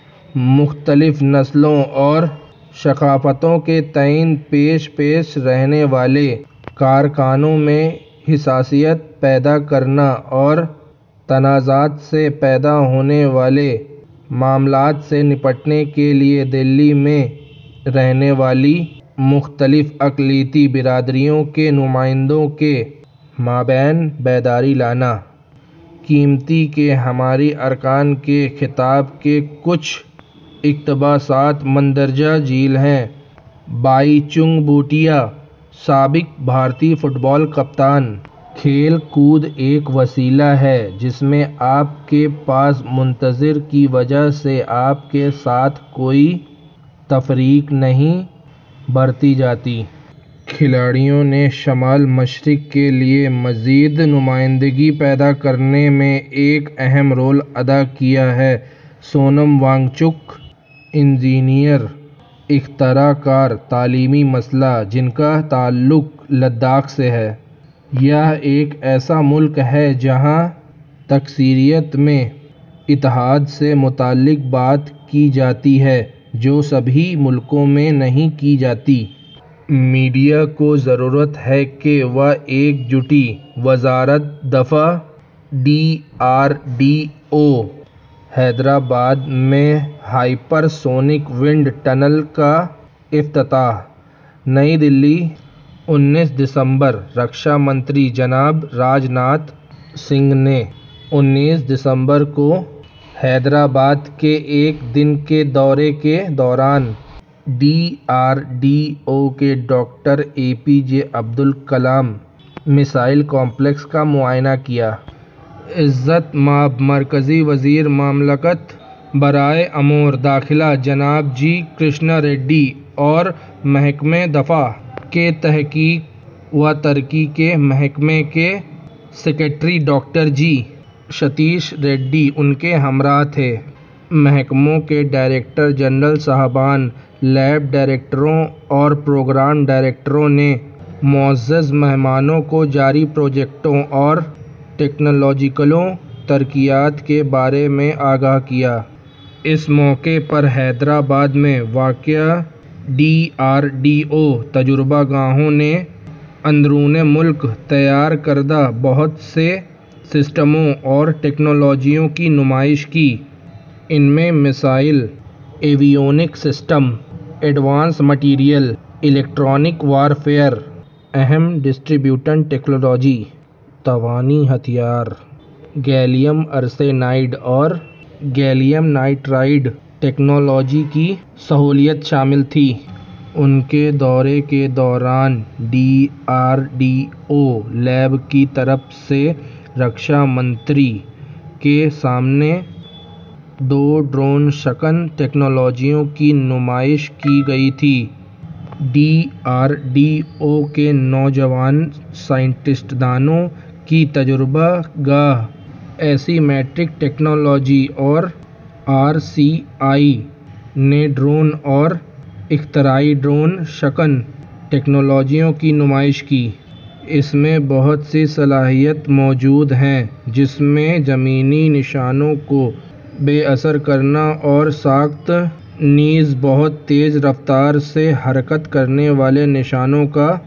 مختلف نسلوں اور ثقافتوں کے تئیں پیش پیش رہنے والے کارکنوں میں حساسیت پیدا کرنا اور تنازعات سے پیدا ہونے والے معاملات سے نمٹنے کے لیے دہلی میں رہنے والی مختلف اقلیتی برادریوں کے نمائندوں کے مابین بیداری لانا۔ کمیٹی کے ہمارے ارکان کے خطاب کے کچھ اقتباسات مندرجہ ذیل ہیں۔ بائی چنگ بھوٹیا، سابق بھارتی فٹبال کپتان۔ کھیل کود ایک وسیلہ ہے جس میں آپ کے پس منظر کی وجہ سے آپ کے ساتھ کوئی تفریق نہیں برتی جاتی۔ کھلاڑیوں نے شمال مشرق کے لیے مزید نمائندگی پیدا کرنے میں ایک اہم رول ادا کیا ہے۔ سونم وانگ چک، انجینئر، اختراع کار، تعلیمی مصلح، جن کا تعلق لداخ سے ہے۔ یہ ایک ایسا ملک ہے جہاں تکثیریت میں اتحاد سے متعلق بات کی جاتی ہے جو سبھی ملکوں میں نہیں کی جاتی۔ میڈیا کو ضرورت ہے کہ وہ یکجہتی۔ وزارت دفاع۔ D R D O Hyderabad میں ہائپر سونک ونڈ ٹنل کا افتتاح۔ نئی دہلی، انیس دسمبر۔ رکشا منتری جناب راج ناتھ سنگھ نے انیس دسمبر کو حیدرآباد کے ایک دن کے دورے کے دوران ڈی آر ڈی او کے doctor A P J Abdul Kalam missile complex کا معائنہ کیا۔ عزت مآب مرکزی وزیر مملکت برائے امور داخلہ جناب جی کرشنا ریڈی اور محکمہ دفاع کے تحقیق و ترقی کے محکمے کے secretary doctor G Satheesh Reddy ان کے ہمراہ تھے۔ محکموں کے ڈائریکٹر جنرل صاحبان، لیب ڈائریکٹروں اور پروگرام ڈائریکٹروں نے معزز مہمانوں کو جاری پروجیکٹوں اور ٹیکنالوجیکل ترقیات کے بارے میں آگاہ کیا۔ اس موقع پر حیدرآباد میں واقع ڈی آر ڈی او تجربہ گاہوں نے اندرون ملک تیار کردہ بہت سے سسٹموں اور ٹیکنالوجیوں کی نمائش کی۔ ان میں missile, avionics system, advanced material, electronic warfare, اہم ڈسٹربیوشن ٹیکنالوجی، توانائی ہتھیار، گیلیم آرسینائیڈ اور گیلیم نائٹرائڈ ٹیکنالوجی کی سہولتیں شامل تھیں۔ ان کے دورے کے دوران D R D O lab کی طرف سے رکشا منتری کے سامنے دو ڈرون شکن ٹیکنالوجیوں کی نمائش کی گئی تھی۔ ڈی آر ڈی او کی نوجوان سائنسدانوں کی تجربہ گاہ، ایسمیٹرک ٹیکنالوجیز اور آر سی آئی نے ڈرون اور اختراعی ڈرون شکن ٹیکنالوجیوں کی نمائش کی۔ اس میں بہت سی صلاحیتیں موجود ہیں جس میں زمینی نشانوں کو بے اثر کرنا اور ساکت نیز بہت تیز رفتار سے حرکت کرنے والے نشانوں کا